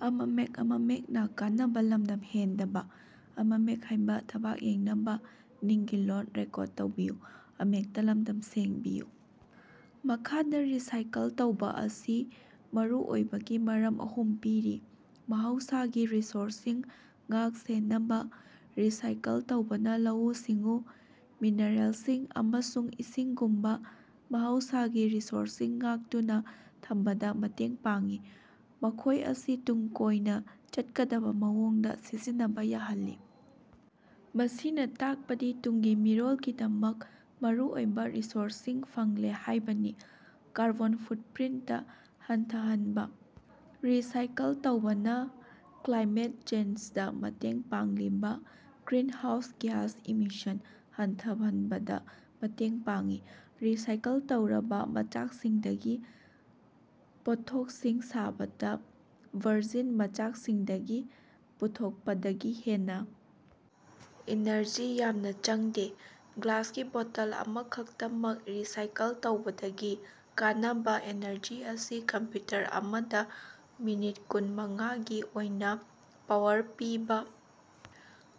ꯃꯈꯥꯗ ꯔꯤꯁꯥꯏꯀꯜ ꯇꯧꯕꯥ ꯑꯁꯤ ꯃꯔꯨꯑꯣꯏꯕꯒꯤ ꯃꯔꯝ ꯑꯍꯨꯝ ꯄꯤꯔꯤ - ꯃꯍꯧꯁꯥꯒꯤ ꯔꯤꯁꯣꯔꯁꯁꯤꯡ ꯉꯥꯛ-ꯁꯦꯅꯕ - ꯔꯤꯁꯥꯏꯀꯜ ꯇꯧꯕꯅ ꯂꯧꯎ-ꯁꯤꯡꯎ, ꯃꯤꯅꯔꯦꯜꯁꯤꯡ, ꯑꯃꯁꯨꯡ ꯏꯁꯤꯡꯒꯨꯝꯕ ꯃꯍꯧꯁꯥꯒꯤ ꯔꯤꯁꯣꯔꯁꯁꯤꯡ ꯉꯥꯛꯇꯨꯅ ꯊꯝꯕꯗ ꯃꯇꯦꯡ ꯄꯥꯡꯏ, ꯃꯈꯣꯏ ꯑꯁꯤ ꯇꯨꯡ ꯀꯣꯏꯅ ꯆꯠꯀꯗꯕ ꯃꯑꯣꯡꯗ ꯁꯤꯖꯤꯟꯅꯕ ꯌꯥꯍꯜꯂꯤ꯫ ꯃꯁꯤꯅ ꯇꯥꯛꯄꯗꯤ ꯇꯨꯡꯒꯤ ꯃꯤꯔꯣꯜꯒꯤꯗꯃꯛ ꯃꯔꯨꯑꯣꯏꯕ ꯔꯤꯁꯣꯔꯁꯁꯤꯡ ꯐꯪꯂꯦ ꯍꯥꯏꯕꯅꯤ꯫ ꯀꯥꯔꯕꯣꯟ ꯐꯨꯠꯄ꯭ꯔꯤꯟꯇ ꯍꯟꯊꯍꯟꯕ - ꯔꯤꯁꯥꯏꯀꯜ ꯇꯧꯕꯅ ꯀ꯭ꯂꯥꯏꯃꯦꯠ ꯆꯦꯟꯖꯗ ꯃꯇꯦꯡ ꯄꯥꯡꯂꯤꯕ ꯒ꯭ꯔꯤꯟꯍꯥꯎꯁ ꯒ꯭ꯌꯥꯁ ꯏꯃꯤꯁꯟ ꯍꯟꯊꯍꯟꯕꯗ ꯃꯇꯦꯡ ꯄꯥꯡꯏ꯫ ꯔꯤꯁꯥꯏꯀꯜ ꯇꯧꯔꯕ ꯃꯆꯥꯛꯁꯤꯡꯗꯒꯤ ꯄꯣꯠꯊꯣꯛꯁꯤꯡ ꯁꯥꯕꯗ ꯚꯥꯔꯖꯤꯟ ꯃꯆꯥꯛꯁꯤꯡꯗꯒꯤ ꯄꯨꯊꯣꯛꯄꯗꯒꯤ ꯍꯦꯟꯅ ꯏꯅꯔꯖꯤ ꯌꯥꯝꯅ ꯆꯪꯗꯦ꯫ ꯒ꯭ꯂꯥꯁꯀꯤ ꯕꯣꯇꯜ ꯑꯃꯈꯛꯇꯃꯛ ꯔꯤꯁꯥꯏꯀꯜ ꯇꯧꯕꯗꯒꯤ ꯀꯥꯟꯅꯕ ꯑꯦꯅꯔꯖꯤ ꯑꯁꯤ ꯀꯝꯄ꯭ꯌꯨꯇꯔ ꯑꯃꯗ ꯃꯤꯅꯠ ꯀꯨꯟ ꯃꯉꯥꯒꯤ ꯑꯣꯏꯅ ꯄꯥꯋꯔ ꯄꯤꯕ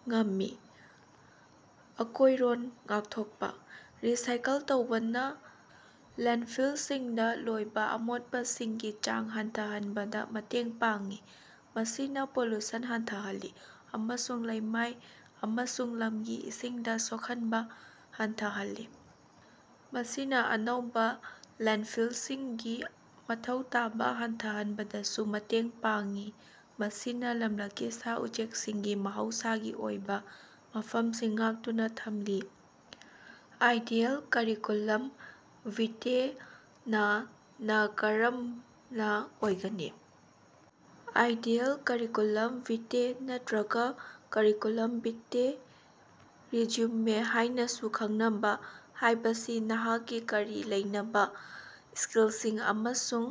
ꯉꯝꯃꯤ꯫ ꯑꯀꯣꯏꯔꯣꯟ ꯉꯥꯛꯊꯣꯛꯄ - ꯔꯤꯁꯥꯏꯀꯜ ꯇꯧꯕꯅ ꯂꯦꯟꯗꯐꯤꯜꯁꯤꯡꯗ ꯂꯣꯏꯕ ꯑꯃꯣꯠꯄꯁꯤꯡꯒꯤ ꯆꯥꯡ ꯍꯟꯊꯍꯟꯕꯗ ꯃꯇꯦꯡ ꯄꯥꯡꯏ, ꯃꯁꯤꯅ ꯄꯣꯂꯨꯁꯟ ꯍꯟꯊꯍꯜꯂꯤ ꯑꯃꯁꯨꯡ ꯂꯩꯃꯥꯏ ꯑꯃꯁꯨꯡ ꯂꯝꯒꯤ ꯏꯁꯤꯡꯗ ꯁꯣꯛꯍꯟꯕ ꯍꯟꯊꯍꯜꯂꯤ꯫ ꯃꯁꯤꯅ ꯑꯅꯧꯕ ꯂꯦꯟꯗꯐꯤꯜꯁꯤꯡꯒꯤ ꯃꯊꯧ ꯇꯥꯕ ꯍꯟꯊꯍꯟꯕꯗꯁꯨ ꯃꯇꯦꯡ ꯄꯥꯡꯏ, ꯃꯁꯤꯅ ꯂꯝꯂꯛꯀꯤ ꯁꯥ-ꯎꯆꯦꯛꯁꯤꯡꯒꯤ ꯃꯍꯧꯁꯥꯒꯤ ꯑꯣꯏꯕ ꯃꯐꯝꯁꯤꯡ ꯉꯥꯛꯇꯨꯅ ꯊꯝꯂꯤ꯫ ꯑꯥꯏꯗꯤꯌꯥꯜ ꯀꯔꯤꯀꯨꯂꯝ ꯚꯤꯇꯦ ꯅꯥ ꯅꯀꯔꯝꯅ ꯑꯣꯏꯒꯅꯤ? ꯑꯥꯏꯗꯤꯌꯥꯜ ꯀꯔꯤꯀꯨꯂꯝ ꯚꯤꯇꯦ ꯅꯠꯇꯔꯒ ꯀꯔꯤꯀꯨꯂꯝ ꯚꯤꯇꯦ ꯔꯤꯖ꯭ꯌꯨꯃꯦ ꯍꯥꯏꯅꯁꯨ ꯈꯪꯅꯕ ꯍꯥꯏꯕꯁꯤ ꯅꯍꯥꯛꯀꯤ ꯃꯔꯤ ꯂꯩꯅꯕ ꯁ꯭ꯀꯤꯜꯁꯤꯡ ꯑꯃꯁꯨꯡ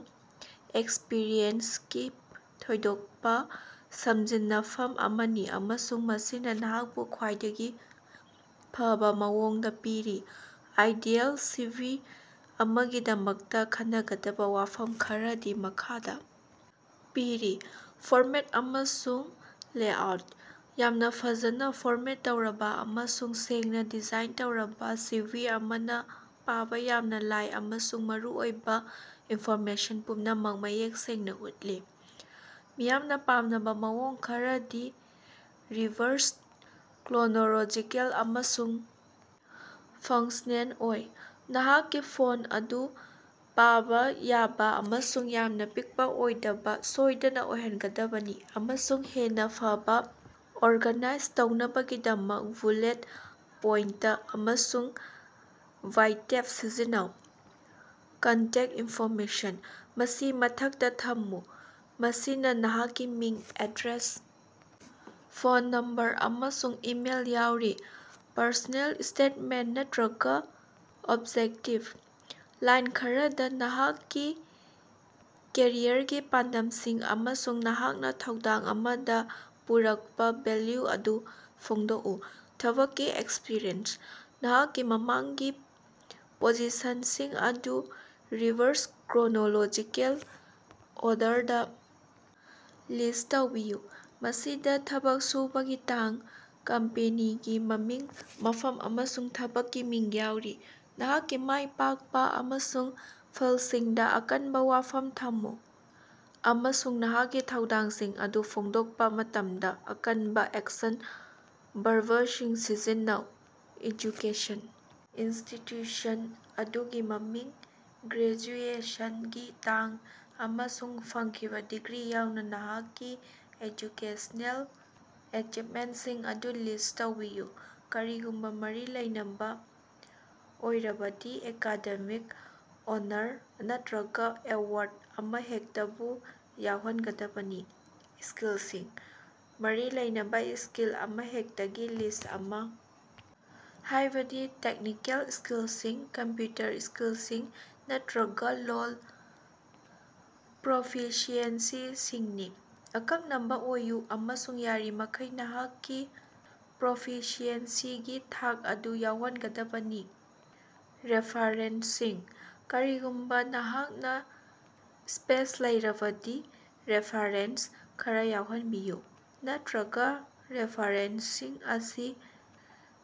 ꯑꯦꯛꯁꯄꯤꯔꯤꯑꯦꯟꯁꯀꯤ ꯊꯣꯏꯗꯣꯛꯄ ꯁꯝꯖꯤꯟꯅꯐꯝ ꯑꯃꯅꯤ ꯑꯃꯁꯨꯡ ꯃꯁꯤꯅ ꯅꯍꯥꯛꯄꯨ ꯈ꯭ꯋꯥꯏꯗꯒꯤ ꯐꯕꯥ ꯃꯑꯣꯡꯗ ꯄꯤꯔꯤ꯫ ꯑꯥꯏꯗꯤꯌꯥꯜ ꯁꯤꯚꯤ ꯑꯃꯒꯤꯗꯃꯛꯇ ꯈꯟꯅꯒꯗꯕ ꯋꯥꯐꯝ ꯈꯔꯗꯤ ꯃꯈꯥꯗ ꯄꯤꯔꯤ - ꯐꯣꯔꯃꯦꯠ ꯑꯃꯁꯨꯡ ꯂꯦꯑꯥꯎꯠ - ꯌꯥꯝꯅ ꯐꯖꯅ ꯐꯣꯔꯃꯦꯠ ꯇꯧꯔꯕ ꯑꯃꯁꯨꯡ ꯁꯦꯡꯅ ꯗꯤꯖꯥꯏꯟ ꯇꯧꯔꯕ ꯁꯤꯚꯤ ꯑꯃꯅ ꯄꯥꯕ ꯌꯥꯝꯅ ꯂꯥꯏ ꯑꯃꯁꯨꯡ ꯃꯔꯨꯑꯣꯏꯕ ꯏꯟꯐꯣꯔꯃꯦꯁꯟ ꯄꯨꯝꯅꯃꯛ ꯃꯌꯦꯛ ꯁꯦꯡꯅ ꯎꯠꯂꯤ꯫ ꯃꯤꯌꯥꯝꯅ ꯄꯥꯝꯅꯕ ꯃꯑꯣꯡ ꯈꯔꯗꯤ ꯔꯤꯚꯥꯔꯁ ꯀ꯭ꯔꯣꯅꯣꯂꯣꯖꯤꯀꯦꯜ ꯑꯃꯁꯨꯡ ꯐꯪꯛꯁ꯭ꯅꯦꯜ ꯑꯣꯏ꯫ ꯅꯍꯥꯛꯀꯤ ꯐꯣꯟꯇ ꯑꯗꯨ ꯄꯥꯕ ꯌꯥꯕ ꯑꯃꯁꯨꯡ ꯌꯥꯝꯅ ꯄꯤꯛꯄ ꯑꯣꯏꯗꯕ ꯁꯣꯏꯗꯅ ꯑꯣꯏꯍꯟꯒꯗꯕꯅꯤ, ꯑꯃꯁꯨꯡ ꯍꯦꯟꯅ ꯐꯕ ꯑꯣꯔꯒꯥꯅꯥꯏꯖ ꯇꯧꯅꯕꯒꯤꯗꯃꯛ ꯕꯨꯂꯦꯠ ꯄꯣꯏꯟꯇ ꯑꯃꯁꯨꯡ ꯋꯥꯏꯇꯦꯞ ꯁꯤꯖꯤꯟꯅꯧ꯫ ꯀꯟꯇꯦꯛꯇ ꯏꯟꯐꯣꯔꯃꯦꯁꯟ - ꯃꯁꯤ ꯃꯊꯛꯇ ꯊꯝꯃꯨ, ꯃꯁꯤꯗ ꯅꯍꯥꯛꯀꯤ ꯃꯤꯡ, ꯑꯦꯗ꯭ꯔꯦꯁ, ꯐꯣꯟ ꯅꯝꯕꯔ, ꯑꯃꯁꯨꯡ ꯏꯃꯦꯏꯜ ꯌꯥꯎꯔꯤ꯫ ꯄꯔꯁꯣꯅꯦꯜ ꯁ꯭ꯇꯦꯠꯃꯦꯟꯇ ꯅꯠꯇꯔꯒ ꯑꯣꯕꯖꯦꯛꯇꯤꯕ - ꯂꯥꯏꯟ ꯈꯔꯗ, ꯅꯍꯥꯛꯀꯤ ꯀꯦꯔꯤꯌꯔꯒꯤ ꯄꯥꯟꯗꯝꯁꯤꯡ ꯑꯃꯁꯨꯡ ꯅꯍꯥꯛꯅ ꯊꯧꯗꯥꯡ ꯑꯃꯗ ꯄꯨꯔꯛꯄ ꯚꯦꯂ꯭ꯌꯨ ꯑꯗꯨ ꯐꯣꯡꯗꯣꯛꯎ꯫ ꯊꯕꯛꯀꯤ ꯑꯦꯛꯁꯄꯤꯔꯤꯑꯦꯟꯁ - ꯅꯍꯥꯛꯀꯤ ꯃꯃꯥꯡꯒꯤ ꯄꯣꯖꯤꯁꯟꯁꯤꯡ ꯑꯗꯨ ꯔꯤꯚꯔꯁ ꯀ꯭ꯔꯣꯅꯣꯂꯣꯖꯤꯀꯦꯜ ꯑꯣꯔꯗꯔꯗ ꯂꯤꯁ꯭ꯠ ꯇꯧꯕꯤꯌꯨ, ꯃꯁꯤꯗ ꯊꯕꯛ ꯁꯨꯕꯒꯤ ꯇꯥꯡ, ꯀꯝꯄꯅꯤꯒꯤ ꯃꯃꯤꯡ, ꯃꯐꯝ, ꯑꯃꯁꯨꯡ ꯊꯕꯛꯀꯤ ꯃꯤꯡ ꯌꯥꯎꯔꯤ꯫ ꯅꯍꯥꯛꯀꯤ ꯃꯥꯏ ꯄꯥꯛꯄ ꯑꯃꯁꯨꯡ ꯐꯜꯁꯤꯡꯗ‌ ꯑꯀꯟꯕ ꯋꯥꯐꯝ ꯊꯝꯃꯨ, ꯑꯃꯁꯨꯡ ꯅꯍꯥꯛꯀꯤ ꯊꯧꯗꯥꯡꯁꯤꯡ ꯑꯗꯨ ꯐꯣꯡꯗꯣꯛꯄ ꯃꯇꯝꯗ ꯑꯀꯟꯕ ꯑꯦꯛꯁꯟ ꯕꯔꯕꯁꯤꯡ ꯁꯤꯖꯤꯟꯅꯧ꯫ ꯏꯖꯨꯀꯦꯁꯟ - ꯏꯟꯁꯇꯤꯇ꯭ꯌꯨꯁꯟ ꯑꯗꯨꯒꯤ ꯃꯃꯤꯡ, ꯒ꯭ꯔꯦꯖꯨꯑꯦꯁꯟꯒꯤ ꯇꯥꯡ, ꯑꯃꯁꯨꯡ ꯐꯪꯈꯤꯕ ꯗꯤꯒ꯭ꯔꯤ ꯌꯥꯎꯅ ꯅꯍꯥꯛꯀꯤ ꯑꯦꯖꯨꯀꯦꯁꯅꯦꯜ ꯑꯦꯆꯤꯚꯃꯦꯟꯇꯁꯤꯡ ꯑꯗꯨ ꯂꯤꯁ꯭ꯠ ꯇꯧꯕꯤꯌꯨ꯫ ꯀꯔꯤꯒꯨꯝꯕ ꯃꯔꯤ ꯂꯩꯅꯕ ꯑꯣꯏꯔꯕꯗꯤ, ꯑꯦꯀꯥꯗꯦꯃꯤꯛ ꯑꯣꯅꯔ ꯅꯠꯇꯔꯒ ꯑꯦꯋꯥꯔꯗ ꯑꯃꯍꯦꯛꯇꯕꯨ ꯌꯥꯎꯍꯟꯒꯗꯕꯅꯤ꯫ ꯁ꯭ꯀꯤꯜꯁꯤꯡ - ꯃꯔꯤ ꯂꯩꯅꯕ ꯁ꯭ꯀꯤꯜ ꯑꯃꯍꯦꯛꯇꯒꯤ ꯂꯤꯁ꯭ꯠ ꯑꯃ, ꯍꯥꯏꯕꯗꯤ ꯇꯦꯛꯅꯤꯀꯦꯜ ꯁ꯭ꯀꯤꯜꯁꯤꯡ, ꯀꯝꯄ꯭ꯌꯨꯇꯔ ꯁ꯭ꯀꯤꯜꯁꯤꯡ, ꯅꯠꯇꯔꯒ ꯂꯣꯜ ꯄ꯭ꯔꯣꯐꯤꯁꯤꯑꯦꯟꯁꯤꯁꯤꯡꯅꯤ꯫ ꯑꯀꯛꯅꯕ ꯑꯣꯏꯌꯨ ꯑꯃꯁꯨꯡ ꯌꯥꯔꯤꯕꯃꯈꯩ ꯅꯍꯥꯛꯀꯤ ꯄ꯭ꯔꯣꯐꯤꯁꯤꯑꯦꯟꯁꯤꯒꯤ ꯊꯥꯛ ꯑꯗꯨ ꯌꯥꯎꯍꯟꯒꯗꯕꯅꯤ꯫ ꯔꯦꯐꯥꯔꯦꯟꯁꯁꯤꯡ -ꯀꯔꯤꯒꯨꯝꯕ ꯅꯍꯥꯛꯅ ꯁ꯭ꯄꯦꯁ ꯂꯩꯔꯕꯗꯤ, ꯔꯦꯐꯥꯔꯦꯟꯁ ꯈꯔꯥ ꯌꯥꯎꯍꯟꯕꯤꯌꯨ, ꯅꯠꯇꯔꯒ ꯔꯤꯐꯔꯦꯟꯁꯁꯤꯡ ꯑꯁꯤ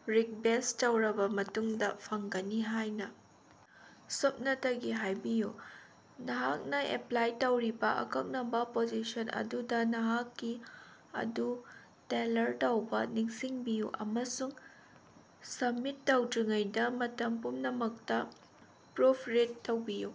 ꯔꯤꯛꯕꯦꯁ꯭ꯠ ꯇꯧꯔꯕ ꯃꯇꯨꯡꯗ ꯐꯪꯒꯅꯤ ꯍꯥꯏꯅ ꯁꯨꯞꯅꯇꯒꯤ ꯍꯥꯏꯕꯤꯌꯨ꯫ ꯅꯍꯥꯛꯅ ꯑꯦꯄ꯭ꯂꯥꯏ ꯇꯧꯔꯤꯕ ꯑꯀꯛꯅꯕ ꯄꯣꯖꯤꯁꯟ ꯑꯗꯨꯗ‌ ꯅꯍꯥꯛꯀꯤ ꯑꯗꯨ ꯇꯦꯜꯂꯔ ꯇꯧꯕ ꯅꯤꯡꯁꯤꯡꯕꯤꯌꯨ, ꯑꯃꯁꯨꯡ ꯁꯕꯃꯤꯠ ꯇꯧꯗ꯭ꯔꯤꯉꯩꯗ ꯃꯇꯝ ꯄꯨꯝꯅꯃꯛꯇ ꯄ꯭ꯔꯨꯐ ꯔꯤꯗ ꯇꯧꯕꯤꯌꯨ꯫